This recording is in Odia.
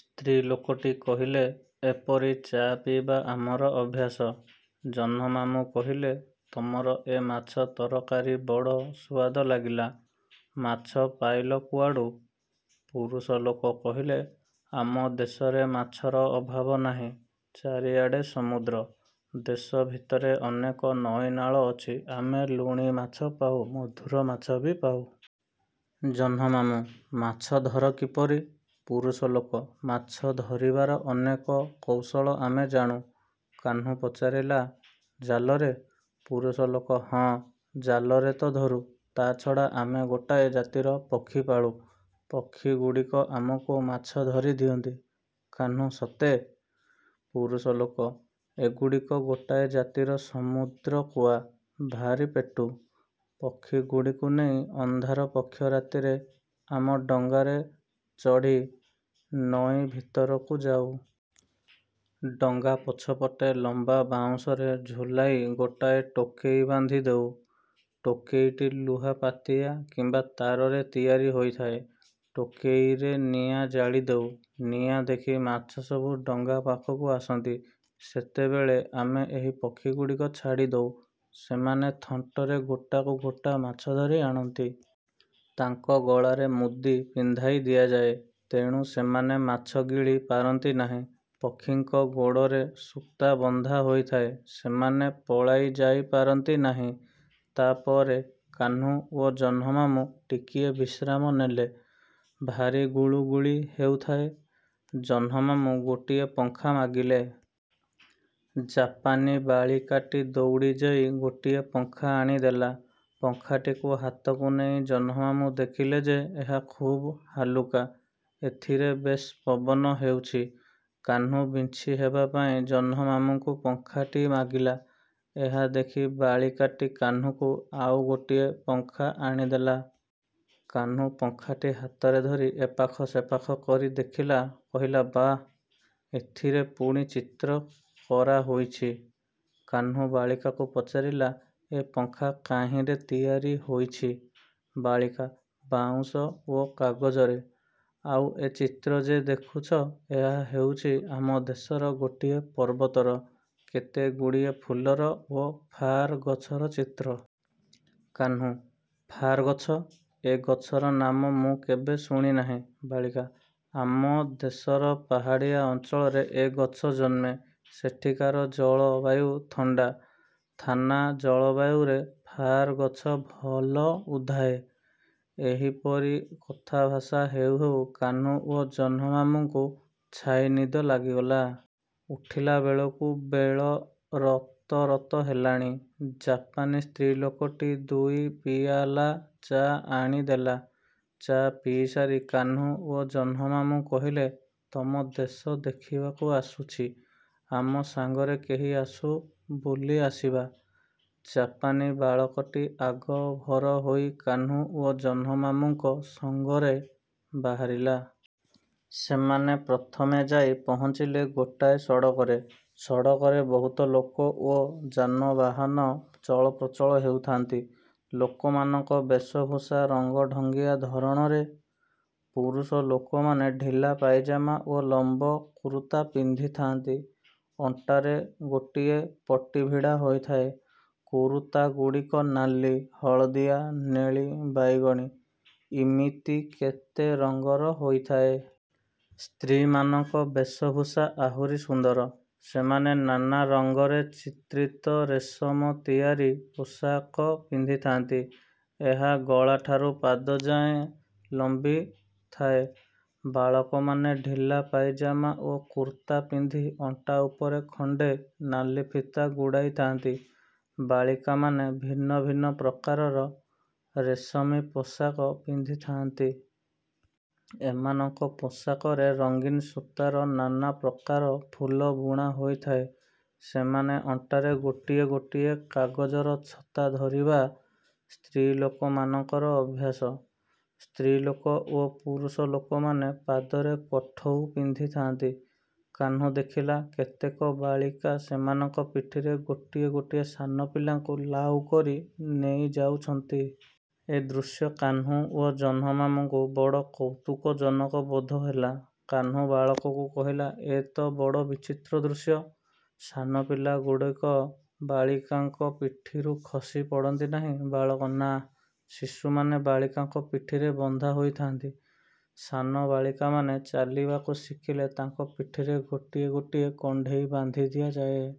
ସ୍ତ୍ରୀଲୋକଟି କହିଲେ–ଏପରି ଚା ପିଇବା ଆମର ଅଭ୍ୟାସ। ଜହ୍ନମାମୁଁ କହିଲେ–ତମର ଏ ମାଛ ତରକାରୀ ବଡ଼ ସୁଆଦ ଲାଗିଲା। ମାଛ ପାଇଲ କୁଆଡ଼ୁ? ପୁରୁଷ ଲୋକ କହିଲେ–ଆମ ଦେଶରେ ମାଛର ଅଭାବ ନାହିଁ। ଚାରିଆଡ଼େ ସମୁଦ୍ର। ଦେଶ ଭିତରେ ଅନେକ ନଈନାଳ ଅଛି। ଆମେ ଲୁଣି ମାଛ ପାଉ, ମଧୁର ମାଛ ବି ପାଉ। ଜହ୍ନମାମୁଁ–ମାଛ ଧର କିପରି? ପୁରୁଷଲୋକ–ମାଛ ଧରିବାର ଅନେକ। କୌଶଳ ଆମେ ଜାଣୁ। କାହ୍ନୁ ପଚାରିଲା–ଜାଲରେ? ପୁରୁଷଲୋକ–ହଁ ଜାଲରେ ତ ଧରୁ, ତା'ଛଡ଼ା ଆମେ ଗୋଟାଏ ଜାତିର ପକ୍ଷୀ ପାଳୁ। ପକ୍ଷୀଗୁଡ଼ିକ ଆମକୁ ମାଛ ଧରି ଦିଅନ୍ତି। କାହ୍ନୁ–ସତେ? ପୁରୁଷଲୋକ–ଏଗୁଡ଼ିକ ଗୋଟାଏ ଜାତିର ସମୁଦ୍ରକୁଆ–ଭାରି ପେଟୁ। ପକ୍ଷୀଗୁଡ଼ିକୁ ନେଇ ଅନ୍ଧାର ପକ୍ଷ ରାତିରେ ଆମ ଡଙ୍ଗାରେ ଚଢ଼ି ନଈ ଭିତରକୁ ଯାଉ। ଡଙ୍ଗା ପଛପଟେ ଲମ୍ବା ବାଉଁଶରେ ଝୁଲାଇ ଗୋଟାଏ ଟୋକେଇ ବାନ୍ଧି ଦେଉ। ଟୋକେଇଟି ଲୁହା ପାତିଆ କିମ୍ବା ତାରରେ ତିଆରି ହୋଇଥାଏ। ଟୋକେଇରେ ନିଆଁ ଜାଳି ଦେଉ। ନିଆଁ ଦେଖି ମାଛସବୁ ଡଙ୍ଗା ପାଖକୁ ଆସନ୍ତି। ସେତେବେଳେ ଆମେ ଏହି ପକ୍ଷୀଗୁଡ଼ିକ ଛାଡ଼ିଦଉ। ସେମାନେ ଥଣ୍ଟରେ ଗୋଟାକୁ ଗୋଟା ମାଛ ଧରି ଆଣନ୍ତି। ତାଙ୍କ ଗଳାରେ ମୁଦି ପିନ୍ଧାଇ ଦିଆଯାଏ। ତେଣୁ ସେମାନେ ମାଛ ଗିଳି ପାରନ୍ତି ନାହିଁ-। ପକ୍ଷୀଙ୍କ ଗୋଡ଼ରେ ସୂତା ବନ୍ଧା ହୋଇଥାଏ। ସେମାନେ ପଳାଇଯାଇପାରନ୍ତି ନାହିଁ। ତା' ପରେ କାହ୍ନୁ ଓ ଜହ୍ନମାମୁଁ ଟିକିଏ ବିଶ୍ରାମ ନେଲେ। ଭାରି ଗୁଳୁଗୁଳି ହେଉଥାଏ। ଜହ୍ନମାମୁଁ ଗୋଟିଏ ପଙ୍ଖା ମାଗିଲେ। ଜାପାନୀ ବାଳିକାଟି ଦୌଡ଼ିଯାଇ ଗୋଟିଏ ପଙ୍ଖା ଆଣି ଦେଲା। ପଙ୍ଖାଟିକୁ ହାତକୁ ନେଇ ଜହ୍ନମାମୁଁ ଦେଖିଲେ ଯେ ଏହା ଖୁବ୍ ହାଲୁକା। ଏଥିରେ ବେଶ୍ ପବନ ହେଉଛି। କାହ୍ନୁ ବିଞ୍ଚିହେବାପାଇଁ ଜହ୍ନମାମୁଁଙ୍କୁ ପଙ୍ଖାଟି ମାଗିଲା। ଏହା ଦେଖି ବାଳିକାଟି କାହ୍ନୁକୁ ଆଉ ଗୋଟିଏ ପଙ୍ଖା ଆଣିଦେଲା। କାହ୍ନୁ ପଙ୍ଖାଟି ହାତରେ ଧରି ଏପାଖ ସେପାଖ କରି ଦେଖିଲା। କହିଲା–ବାଃ, ଏଥିରେ ପୁଣି ଚିତ୍ର କରାହୋଇଛି! କାହ୍ନୁ ବାଳିକାକୁ ପଚାରିଲା–ଏ ପଙ୍ଖା କାହିଁରେ ତିଆରି ହୋଇଛି? ବାଳିକା–ବାଉଁଶ ଓ କାଗଜରେ। ଆଉ ଏ ଚିତ୍ର ଯେ ଦେଖୁଛ, ଏହା ହେଉଛି ଆମ ଦେଶର ଗୋଟିଏ ପର୍ବତର, କେତେଗୁଡ଼ିଏ ଫୁଲର ଓ ଫାର୍ ଗଛର ଚିତ୍ର। କାହ୍ନୁ–ଫାର୍ ଗଛ? ଏ ଗଛର ନାମ ମୁଁ କେବେ ଶୁଣି ନାହିଁ। ବାଳିକା–ଆମ ଦେଶର ପାହାଡ଼ିଆ ଅଞ୍ଚଳରେ ଏ ଗଛ ଜନ୍ମେ। ସେଠିକାର ଜଳବାୟୁ ଥଣ୍ଡା। ଥାନା ଜଳବାୟୁରେ ଫାର୍ ଗଛ ଭଲ ଉଧାଏ। ଏହିପରି କଥାଭାଷା ହେଉ ହେଉ କାହ୍ନୁ ଓ ଜହ୍ନମାମୁଁଙ୍କୁ ଛାଇନିଦ ଲାଗିଗଲା। ଉଠିଲାବେଳକୁ ବେଳ ରତରତ ହେଲାଣି। ଜାପାନୀ ସ୍ତ୍ରୀଲୋକଟି ଦୁଇ ପିଆଲା ଚା ଆଣିଦେଲା। ଚା ପିଇସାରି କାହ୍ନୁ ଓ ଜହ୍ନମାମୁଁ କହିଲେ–ତମ ଦେଶ ଦେଖିବାକୁ ଆସୁଛି; ଆମ ସାଙ୍ଗରେ କେହି ଆସୁ, ବୁଲି ଆସିବା। ଜାପାନୀ ବାଳକଟି ଆଗଭର ହୋଇ କାହ୍ନୁ ଓ ଜହ୍ନମାମୁଁଙ୍କ ସଙ୍ଗରେ ବାହାରିଲା। ସେମାନେ ପ୍ରଥମେ ଯାଇ ପହଁଚିଲେ ଗୋଟାଏ ସଡ଼କରେ। ସଡ଼କରେ ବହୁତ ଲୋକ ଓ ଯାନବାହାନ ଚଳପ୍ରଚଳ ହେଉଥାନ୍ତି। ଲୋକମାନଙ୍କ ବେଶଭୂଷା ରଙ୍ଗଢଙ୍ଗିଆ ଧରଣରେ। ପୁରୁଷଲୋକମାନେ ଢିଲା ପାଇଜାମା ଓ ଲମ୍ବ କୁରୁତା ପିନ୍ଧିଥାନ୍ତି। ଅଣ୍ଟାରେ ଗୋଟିଏ ପଟି ଭିଡ଼ା ହୋଇଥାଏ। କୁରୁତାଗୁଡ଼ିକ ନାଲି, ହଳଦିଆ, ନେଳି, ବାଇଗଣି–ଇମିତି କେତେ ରଙ୍ଗର ହୋଇଥାଏ। ସ୍ତ୍ରୀମାନଙ୍କ ବେଶଭୂଷା ଆହୁରି ସୁନ୍ଦର। ସେମାନେ ନାନା ରଙ୍ଗରେ ଚିତ୍ରିତ ରେଶମ ତିଆରି ପୋଷାକ ପିନ୍ଧିଥାନ୍ତି। ଏହା ଗଳାଠାରୁ ପାଦଯାଏଁ ଲମ୍ବିଥାଏ। ବାଳକମାନେ ଢିଲା ପାଇଜାମା ଓ କୁର୍ତ୍ତା ପିନ୍ଧି ଅଣ୍ଟା ଉପରେ ଖଣ୍ଡେ ନାଲି ଫିତା ଗୁଡ଼ାଇଥାନ୍ତି। ବାଳିକାମାନେ ଭିନ୍ନ ଭିନ୍ନ ପ୍ରକାରର ରେଶମୀ ପୋଷାକ ପିନ୍ଧିଥାନ୍ତି। ଏମାନଙ୍କ ପୋଷାକରେ ରଙ୍ଗିନ୍ ସୂତାର ନାନା ପ୍ରକାର ଫୁଲ ବୁଣା ହୋଇଥାଏ। ସେମାନେ ଅଣ୍ଟାରେ ଗୋଟିଏ ଗୋଟିଏ କାଗଜର ଛତା ଧରିବା ସ୍ତ୍ରୀଲୋକମାନଙ୍କର ଅଭ୍ୟାସ। ସ୍ତ୍ରୀଲୋକ ଓ ପୁରୁଷଲୋକମାନେ ପାଦରେ କଠଉ ପିନ୍ଧିଥାନ୍ତି। କାହ୍ନୁ ଦେଖିଲା, କେତେକ ବାଳିକା ସେମାନଙ୍କ ପିଠିରେ ଗୋଟିଏ ଗୋଟିଏ ସାନପିଲାଙ୍କୁ ଲାଉକରି ନେଇଯାଉଛନ୍ତି। ଏ ଦୃଶ୍ୟ କାହ୍ନୁ ଓ ଜହ୍ନମାମୁଁଙ୍କୁ ବଡ଼ କୌତୁକଜନକ ବୋଧ ହେଲା। କାହ୍ନୁ ବାଳକକୁ କହିଲା–ଏ ତ ବଡ଼ ବିଚିତ୍ର ଦୃଶ୍ୟ। ସାନ ପିଲାଗୁଡ଼ିକ ବାଳିକାଙ୍କ ପିଠିରୁ ଖସି ପଡ଼ନ୍ତି ନାହିଁ? ବାଳକ–ନାଁ, ଶିଶୁମାନେ ବାଳିକାଙ୍କ ପିଠିରେ ବନ୍ଧା ହୋଇଥାନ୍ତି। ସାନ ବାଳିକାମାନେ ଚାଲିବାକୁ ଶିଖିଲେ ତାଙ୍କ ପିଠିରେ ଗୋଟିଏ ଗୋଟିଏ କଣ୍ଢେଇ ବାନ୍ଧି ଦିଆଯାଏ।